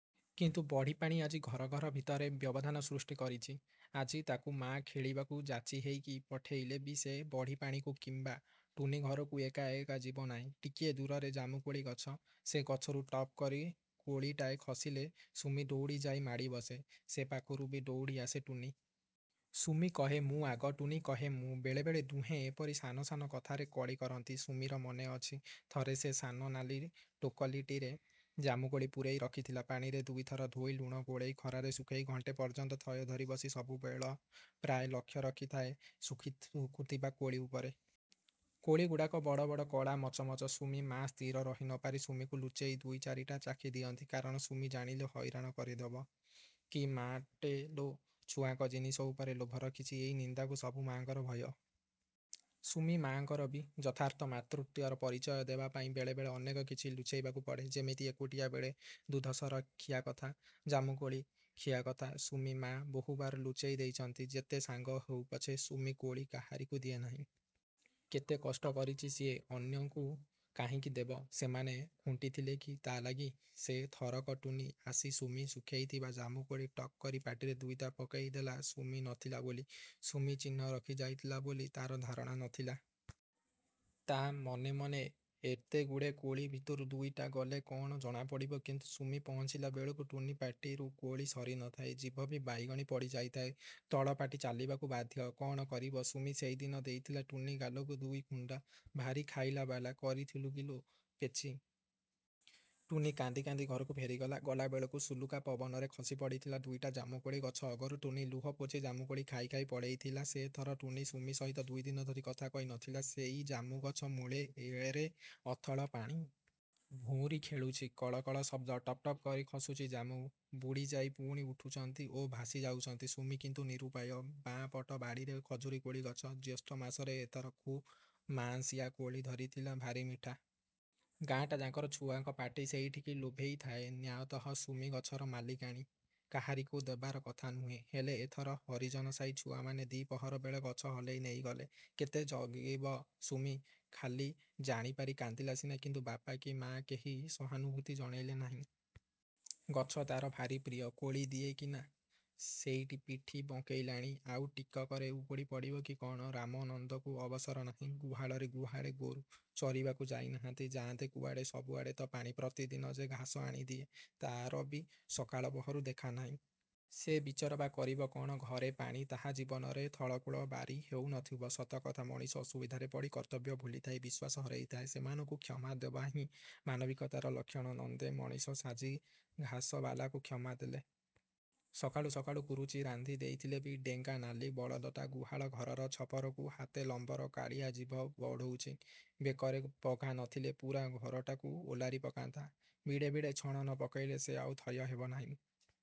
କିନ୍ତୁ ବଢ଼ିପାଣି ଆଜି ଘର ଘର ଭିତରେ ବ୍ୟବଧାନ ସୃଷ୍ଟି କରିଚି। ଆଜି, ତାକୁ ମା' ଖେଳିବାକୁ ଯାଚିହେଇ କି ପଠେଇଲେ ବି ସେ ବଢ଼ିପାଣିକୁ କିମ୍ବା ଟୁନୀ ଘରକୁ ଏକା ଏକା ଯିବ ନାଇଁ। ଟିକିଏ ଦୂରରେ ଜାମୁକୋଳି ଗଛ। ସେ ଗଛରୁ ଟପ୍ କରି କୋଳିଟାଏ ଖସିଲେ ସୁମି ଦଉଡ଼ି ଯାଇ ମାଡ଼ି ବସେ; ସେ ପାଖରୁ ବି ଦଉଡ଼ି ଆସେ ଟୁନୀ। ସୁମି କହେ ମୁଁ ଆଗ, ଟୁନୀ କହେ ମୁଁ। ବେଳେବେଳେ ଦୁହେଁ ଏପରି ସାନ ସାନ କଥାରେ କଳି କରନ୍ତି। ସୁମିର ମନେଅଛି–ଥରେ ସେ ସାନ ନାଲି ଟୋକଲିଟିରେ ଜାମୁକୋଳି ପୂରେଇ ରଖିଥିଲା। ପାଣିରେ ଦୁଇଥର ଧୋଇ, ଲୁଣ ଗୋଳେଇ ଖରାରେ ଶୁଖେଇ ଘଣ୍ଟେ ପର୍ଯ୍ୟନ୍ତ ଥୟ ଧରିବସି ସବୁବେଳେ ପ୍ରାୟ ଲକ୍ଷ୍ୟ ରଖିଥାଏ ଶୁଖୁଥିବା କୋଳି ଉପରେ। କୋଳିଗୁଡାକ ବଡ଼ ବଡ଼ କଳା ମଚ ମଚ। ସୁମି ମା' ସ୍ଥିର ରହି ନପାରି ସୁମିକୁ ଲୁଚେଇ ଦୁଇ ଚାରିଟା ଚାଖି ଦିଅନ୍ତି।। କାରଣ ସୁମି ଜାଣିଲେ ହଇରାଣ କରିଦେବ। କି ମା'ଟେ ଲୋ, ଛୁଆଙ୍କ ଜିନିଷ ଉପରେ ଲୋଭ ରଖିଚି–ଏଇ ନିନ୍ଦାକୁ ସବୁ ମା'ଙ୍କର ଭୟ। ସୁମି ମା'ଙ୍କର ବି। ଯଥାର୍ଥ ମାତୃତ୍ୱର ପରିଚୟ ଦେବା ପାଇଁ ବେଳେବେଳେ ଅନେକ କିଛି ଲୁଚେଇବାକୁ ପଡ଼େ। ଯେମିତି ଏକୁଟିଆ ବେଳେ ଦୁଧ-ସର ଖିଆ କଥା, ଜାମୁକୋଳି ଖିଆ କଥା ସୁମି-ମା' ବହୁବାର ଲୁଚେଇ ଦେଇଚନ୍ତି। ଯେତେ ସାଙ୍ଗ ହେଉପଛେ ସୁମି କୋଳି କାହାରିକୁ ଦିଏ ନାହିଁ। କେତେ କଷ୍ଟ କରିଚି ସିଏ–ଅନ୍ୟଙ୍କୁ କାହିଁକି ଦେବ? ସେମାନେ ଖୁଣ୍ଟିଥିଲେ କି ତା' ଲାଗି? ସେ ଥରକ ଟୁନୀ ଆସି ସୁମି ଶୁଖେଇଥିବା ଜାମୁକୋଳି ଟକ୍ କରି ପାଟିରେ ଦୁଇଟା ପକେଇ ଦେଲା ସୁମି ନଥିଲା ବୋଲି। ସୁମି ଚିହ୍ନ ରଖି ଯାଇଥିଲା ବୋଲି ତା'ର ଧାରଣା ନଥିଲା। ତା' ମନେ ମନେ ଏତେଗୁଡ଼େ କୋଳି ଭିତରୁ ଦୁଇଟା ଗଲେ କ'ଣ ଜଣାପଡ଼ିବ। କିନ୍ତୁ ସୁମି ପହଞ୍ଚିଲା ବେଳକୁ ଟୁନୀ ପାଟିରୁ କୋଳି ସରି ନଥାଏ, ଜିଭ ବି ବାଇଗଣି ପଡ଼ିଯାଇଥାଏ। ତଳପାଟି ଚାଲିବାକୁ ବାଧ୍ୟ, କ'ଣ କରିବ? ସୁମି ସେଇଦିନ ଦେଇଥିଲା ଟୁନୀ ଗାଲକୁ ଦୁଇ ଖୁନ୍ଦା, 'ଭାରି ଖାଇଲାବାଲା, କରିଥିଲୁ କି ଲୋ, ପେଚୀ। ' ଟୁନୀ କାନ୍ଦି କାନ୍ଦି ଘରକୁ ଫେରିଗଲା। ଗଲାବେଳକୁ ସୁଲୁକା ପବନରେ ଖସିପଡ଼ିଥିଲା ଦୁଇଟା ଜାମୁକୋଳି ଗଛ ଅଗରୁ। ଟୁନୀ ଲୁହ ପୋଛି ଜାମୁକୋଳି ଖାଇ ଖାଇ ପଳେଇଥିଲା। ସେ ଥର ଟୁନୀ ସୁମି ସହିତ ଦୁଇଦିନ ଧରି କଥା କହି ନଥିଲା। ସେଇ ଜାମୁଗଛ ମୂଳେ ଏରେ ଅଥଳ ପାଣି। ଭଉଁରୀ ଖେଳୁଛି। କଳ କଳ ଶବ୍ଦ। ଟପ୍ ଟପ୍ କରି ଖସୁଚି ଜାମୁ। ବୁଡ଼ିଯାଇ ପୁଣି ଉଠୁଚନ୍ତି ଓ ଭାସି ଯାଉଛନ୍ତି। ସୁମି କିନ୍ତୁ ନିରୁପାୟ। ବାଁ ପଟ ବାଡ଼ିରେ ଖଜୁରୀକୋଳି ଗଛ। ଜ୍ୟେଷ୍ଠ ମାସରେ ଏଥର ଖୁବ୍ ମାଆଁସିଆ କୋଳି ଧରିଥିଲା। ଭାରି ମିଠା। ଗାଁଟା ଯାକର ଛୁଆଙ୍କ ପାଟି ସେଇଠିକି ଲୋଭେଇଥାଏ। ନ୍ୟାୟତଃ ସୁମି ଗଛର ମାଲିକାଣୀ। କାହାରିକୁ ଦେବାର କଥା ନୁହେଁ। ହେଲେ ଏଥର ହରିଜନ ସାଇ ଛୁଆମାନେ ଦି'ପହର ବେଳେ ଗଛ ହଲେଇ ନେଇଗଲେ। କେତେ ଜଗିବ ସୁମି? ଖାଲି ଜାଣିପାରି କାନ୍ଦିଲା ସିନା, କିନ୍ତୁ ବାପା କି ମା' କେହି ସହାନୁଭୂତି ଜଣେଇଲେ ନାହିଁ। ଗଛ ତା'ର ଭାରି ପ୍ରିୟ, କୋଳି ଦିଏ କିନା! ସେଇଟି ପିଠି ବଙ୍କେଇଲାଣି। ଆଉ ଟିକକରେ ଉପୁଡ଼ି ପଡ଼ିବ କି କ'ଣ? ରାମନନ୍ଦଙ୍କୁ ଅବସର ନାହିଁ। ଗୁହାଳରେ ଗୁହାଳେ ଗୋରୁ। ଚରିବାକୁ ଯାଇ ନାହାନ୍ତି। ଯାଆନ୍ତେ କୁଆଡ଼େ। ସବୁଆଡ଼େ ତ ପାଣି। ପ୍ରତିଦିନ ଯେ ଘାସ ଆଣିଦିଏ, ତା'ର ବି ସକାଳପହରୁ ଦେଖା ନାହିଁ। ସେ ବିଚରା ବା କରିବ କ'ଣ? ଘରେ ପାଣି। ତାହା ଜୀବନରେ ଥଳକୂଳ ବାରି ହେଉ ନଥିବ। ସତ କଥା, ମଣିଷ ଅସୁବିଧାରେ ପଡ଼ି କର୍ତ୍ତବ୍ୟ ଭୁଲିଥାଏ, ବିଶ୍ୱାସ ହରେଇଥାଏ। ସେମାନଙ୍କୁ କ୍ଷମା ଦେବାହିଁ ମାନବିକତାର ଲକ୍ଷଣ। ନନ୍ଦେ ମଣିଷ ସାଜି ଘାସବାଲାକୁ କ୍ଷମା ଦେଲେ। ସକାଳୁ ସକାଳୁ କୁରୁଚି ରାନ୍ଧି ଦେଇଥିଲେ ବି ଡେଙ୍ଗା ନାଲି ବଳଦଟା ଗୁହାଳଘରର ଛପରକୁ ହାତେ ଲମ୍ବର କାଳିଆ ଜିଭ ବଢ଼ଉଚି। ବେକରେ ପଘା ନଥିଲେ ପୂରା ଘରଟାକୁ ଓଲାରି ପକାନ୍ତା। ବିଡ଼େ ବିଡ଼େ ଛଣ ନ ପକେଇଲେ ସେ ଆଉ ଥୟ ହେବ ନାଇଁ।